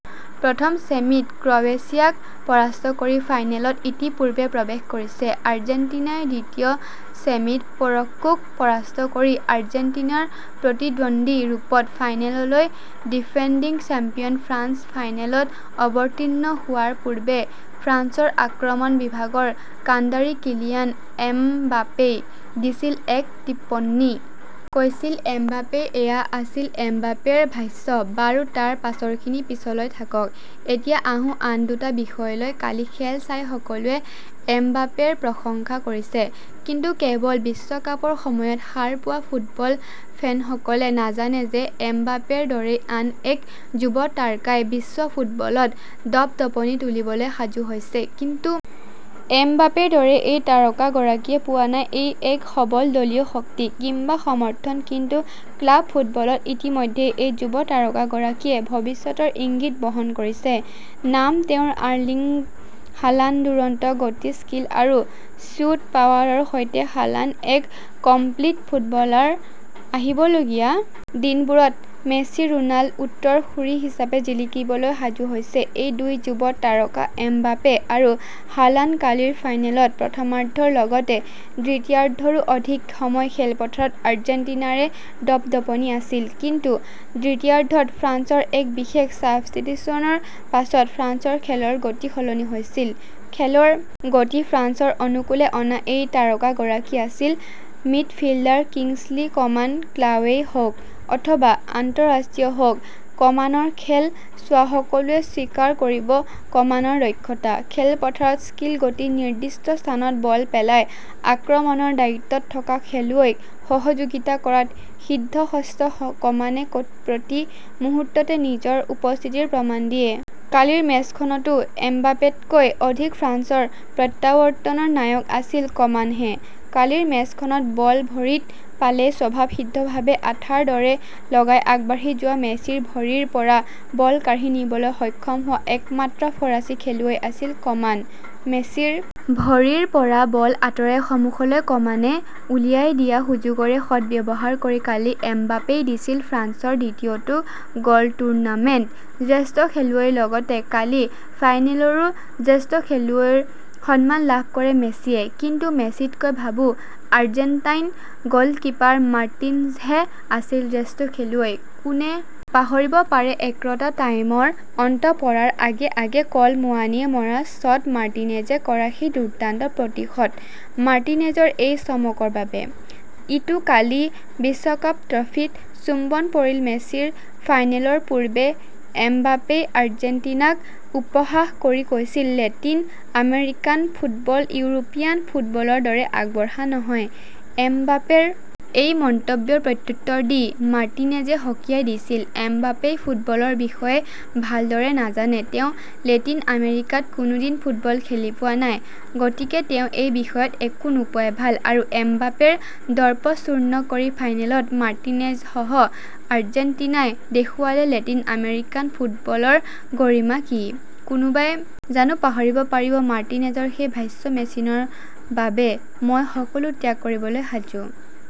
প্ৰথম ছেমিত ক্ৰৱেছিয়াক পৰাস্ত কৰি ফাইনেলত ইতিপূৰ্বেই প্ৰৱেশ কৰিছে। আৰ্জেণ্টিনাই দ্বিতীয় ছেমিত মৰক্কোক পৰাস্ত কৰি আৰ্জেণ্টিনাৰ প্ৰতিদ্বন্দী ৰূপত ফাইনেললৈ ডিফেণ্ডিং চেম্পিয়ন ফ্ৰান্স ফাইনেলত অৱতীৰ্ণ হোৱাৰ পূৰ্বে ফ্ৰান্সৰ আক্ৰমণ বিভাগৰ কাণ্ডাৰী কিলিয়ান এমবাপেই দিছিল এক টিপ্পনী। কৈছিল এমবাপেই এয়া আছিল এমবাপেৰ ভাষ্য, বাৰু তাৰ পাছৰখিনি পিছলৈ থাকক, এতিয়া আহোঁ আন দুটা বিষয়লৈ কালি খেল চাই সকলোৱে এমবাপেৰ প্ৰশংসা কৰিছে। কিন্তু কেৱল বিশ্বকাপৰ সময়ত সাৰ পোৱা ফুটবল ফেনসকলে নাজানে যে এমবাপেৰ দৰেই আন এক যুৱ তাৰকাই বিশ্ব ফুটবলত দপ-দপনি তুলিবলৈ সাজু হৈছে। কিন্তু এমবাপেৰ দৰে এই তাৰকাগৰাকীয়ে পোৱা নাই এক সবল দলীয় শক্তি, কিম্বা সমৰ্থন কিন্তু ক্লাৱ ফুটবলত ইতিমধ্যেই এই যুৱ তাৰকাগৰাকীয়ে ভৱিষ্যতৰ ইংগিত বহন কৰিছে। নাম তেওঁৰ আৰ্লিং হালাণ্ড দুৰন্ত গতি স্কীল আৰু শ্বুট পাৱাৰৰ সৈতে হালাণ্ড এক কমপ্লিট ফুটবলাৰ। আহিবলগীয়া দিনবোৰত মেছি-ৰোনাল্ড উত্তৰ-সূৰী হিচাপে জিলিকিবলৈ সাজু হৈছে ।এই দুই যুৱ তাৰকা এমবাপে আৰু হালাণ্ড কালিৰ ফাইনেলত প্ৰথমাৰ্ধৰ লগতে দ্বিতীয়াৰ্ধৰো অধিক সময় খেলপথাৰত আৰ্জেণ্টিনাৰে দপ-দপনি আছিল। কিন্তু দ্বিতীয়াৰ্ধত ফ্ৰান্সৰ এক বিশেষ চাবষ্টিটিউচনৰ পাছত ফ্ৰান্সৰ খেলৰ গতি সলনি হৈছিল। খেলৰ গতি ফ্ৰান্সৰ অনুকুলে অনা এই তাৰকাগৰাকী আছিল মিডফিল্ডাৰ কিংছলী কমান ক্লাৱেই হওক ,অথবা আন্ত:ৰাষ্ট্ৰীয় হওক, কমানৰ খেল চোৱা সকলোৱে স্বীকাৰ কৰিব কমানৰ দক্ষতা। খেলপথাৰত স্কীল গতি নিৰ্দিষ্ট স্থানত বল পেলাই আক্ৰমণৰ দায়িত্বত থকা খেলুৱৈক সহযোগিতা কৰাত সিদ্ধহস্ত কমানে প্ৰতি মুহূৰ্ততে নিজৰ উপস্থিতিৰ প্ৰমাণ দিয়ে। কালিৰ মেচখনতো এমবাপেতকৈ অধিক ফ্ৰান্সৰ প্ৰত্যাৱৰ্তনৰ নায়ক আছিল কমানহে। কালিৰ মেচখনত বল ভৰিত পালেই স্বভাৱ সিদ্ধভাৱে আঠাৰ দৰে লগাই আগবাঢ়ি যোৱা মেছিৰ ভৰিৰ পৰা বল কাঢ়ি নিবলৈ সক্ষম হোৱা একমাত্ৰ ফৰাচী খেলুৱৈ আছিল কমান। মেছিৰ ভৰিৰ পৰা বল আঁতৰাই সমুখলৈ কমানে ওলিয়াই দিয়া সুযোগৰে সদব্যৱহাৰ কৰি কালি এমবাপেই দিছিল ফ্ৰান্সৰ দ্বিতীয়টো গলটুৰ্ণামেণ্ট। শ্ৰেষ্ঠ খেলুৱৈৰ লগতে কালি ফাইনেলৰো শ্ৰেষ্ঠ খেলুৱৈৰ সন্মান লাভ কৰে মেছিয়ে। কিন্তু মেছিতকৈ ভাবোঁ আৰ্জেণ্টাইন গলকীপাৰ মাৰ্টিনজহে আছিল শ্ৰেষ্ঠ খেলুৱৈ। কোনে পাহৰিব পাৰে এক্সট্ৰা টাইমৰ অন্ত পৰাৰ আগে আগে কল মুৱানিয়ে মৰা শ্বট মাৰ্টিনেজে কৰা সেই দুৰ্দান্ত প্ৰতিহত মাৰ্টিনেজৰ এই চমকৰ বাবে। ইটো কালি বিশ্বকাপ ট্ৰফীত চুম্বন পৰিল মেছিৰ ফাইনেলৰ পূৰ্বে এমবাপেই আৰ্জেণ্টিনাক উপহাস কৰি কৈছিল লেটিন আমেৰিকান ফুটবল ইউৰোপীয়ান ফুটবলৰ দৰে আগবঢ়া নহয়। এমবাপেৰ এই মন্তব্যৰ প্ৰত্যুত্তৰ দি মাৰ্টিনেজে সকীয়াই দিছিল ।এমবাপেই ফুটবলৰ বিষয়ে ভালদৰে নাজানে। তেওঁ লেটিন আমেৰিকাত কোনোদিন ফুটবল খেলি পোৱা নাই। গতিকে তেওঁ এই বিষয়ত একো নোকোৱাই ভাল আৰু এমবাপেৰ দৰ্প চূৰ্ণ কৰি ফাইনেলত মাৰ্টিনেজসহ আৰ্জেণ্টিনাই দেখুৱালে লেটিন আমেৰিকান ফুটবলৰ গৰিমা কি ?কোনোবাই জানো পাহৰিব পাৰিব মাৰ্টিনেজৰ সেই ভাষ্য মেছিনৰ বাবে মই সকলো ত্যাগ কৰিবলৈ সাজু।